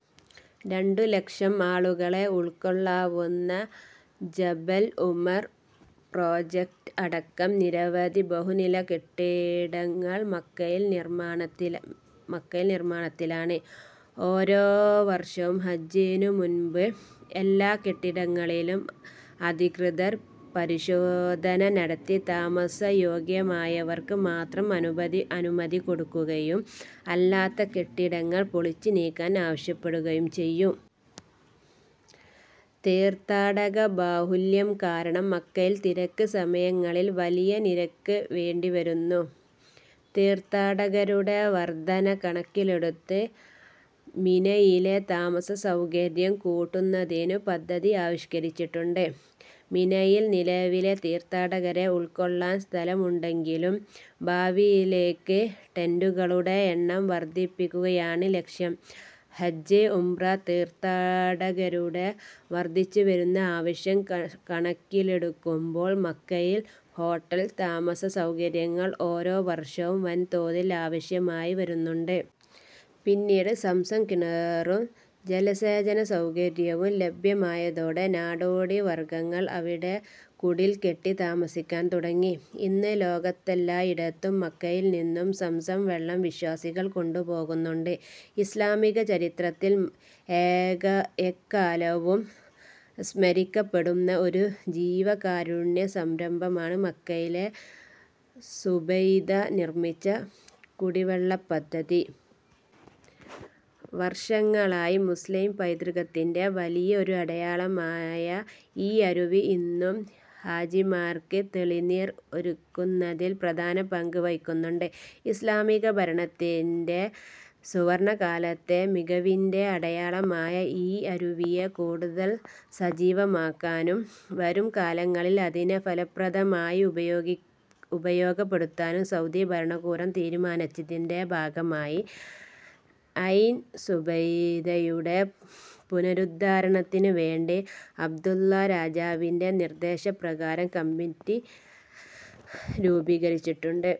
രണ്ടു ലക്ഷം ആളുകളെ ഉൾക്കൊള്ളാവുന്ന ജബൽ ഉമർ പ്രൊജക്റ്റ് അടക്കം നിരവധി ബഹുനില കെട്ടിടങ്ങൾമക്കയിൽ നിർമ്മാണത്തില മക്കയിൽ നിർമ്മാണത്തിലാണ്.. ഓരോ വർഷവും ഹജ്ജിനു മുമ്പ് എല്ലാ കെട്ടിടങ്ങളിലും അധികൃതർ പരിശോധന നടത്തി താമസ യോഗ്യമായവർക്ക് മാത്രം അനുമതി കൊടുക്കുകയും അല്ലാത്ത കെട്ടിടങ്ങൾ പൊളിച്ചു നീക്കാൻ ആവശ്യപ്പെടുകയും ചെയ്യും. തീർത്ഥാടക ബാഹുല്യം കാരണം മക്കയിൽ തിരക്ക് സമയങ്ങളിൽ വലിയ നിരക്ക് വേണ്ടി വരുന്നു. തീർത്ഥാടകരുടെ വർധന കണക്കിലെടുത്ത് മിനയിലെ താമസ സൗകര്യം കൂട്ടുന്നത്തിനു പദ്ധതി ആവിഷ്കരിച്ചിട്ടുണ്ട്. മിനയിൽ നിലവിലെ തീർത്ഥാടകരെ ഉൾക്കൊള്ളാൻ സ്ഥലമുണ്ടെങ്കിലും ഭാവിയിലേക്ക് ടെന്റുകളുടെ എണ്ണം വർധിപ്പിക്കുകയാണ് ലക്ഷ്യം. ഹജ്ജ്, ഉംറ തീർത്ഥാടകരുടെ വർധിച്ചുവരുന്ന ആവശ്യം കണക്കിലെടുക്കുമ്പോൾ മക്കയിൽ ഹോട്ടൽ, താമസ സൗകര്യങ്ങൾ ഓരോ വർഷവും വൻതോതിൽ ആവശ്യമായി വരുന്നുണ്ട്. പിന്നീട് സംസം കിണറും ജലസേചന സൗകര്യവും ലഭ്യമായതോടെ നാടോടി വർഗങ്ങൾ അവിടെ കുടിൽകെട്ടി താമസിക്കാൻ തുടങ്ങി. ഇന്ന് ലോകത്തെല്ലായിടത്തും മക്കയിൽ നിന്നും സംസം വെള്ളം വിശ്വാസികൾ കൊണ്ട് പോകുന്നുണ്ട്. ഇസ്ലാമിക ചരിത്രത്തിൽ എക്കാലവും സ്മരിക്കപ്പെടുന്ന ഒരു ജീവകാരുണ്യ സംരംഭമാണ് മക്കയിൽ സുബൈദ നിർമിച്ച കുടിവെള്ള പദ്ധതി. വർഷങ്ങളായി, മുസ്ലിം പൈതൃകത്തിൻറെ വലിയ ഒരു അടയാളമായ ഈ അരുവി ഇന്നും ഹാജിമാർക്ക് തെളിനീർ ഒരുക്കുന്നതിൽ പ്രധാന പങ്ക് വഹിക്കുന്നുണ്ട്. ഇസ്ലാമിക ഭരണത്തിൻറെ സുവർണ്ണകാലത്തെ മികവിൻറെ അടയാളമായ ഈ അരുവിയെ കൂടുതൽ സജീവമക്കാനും വരും കാലങ്ങളിൽ അതിനെ ഫലപ്രദമായി ഉപയോഗപ്പെടുത്താനും സൗദി ഭരണകൂടം തീരുമാനിച്ചതിന്റെ ഭാഗമായി ഐൻ സുബൈദയുടെ പുനരുദ്ധാരണത്തിന് വേണ്ടി അബ്ദുല്ല രാജാവിന്റെ നിർദ്ദേശ പ്രകാരം കമ്മിറ്റി രൂപീകരിച്ചിട്ടുണ്ട്.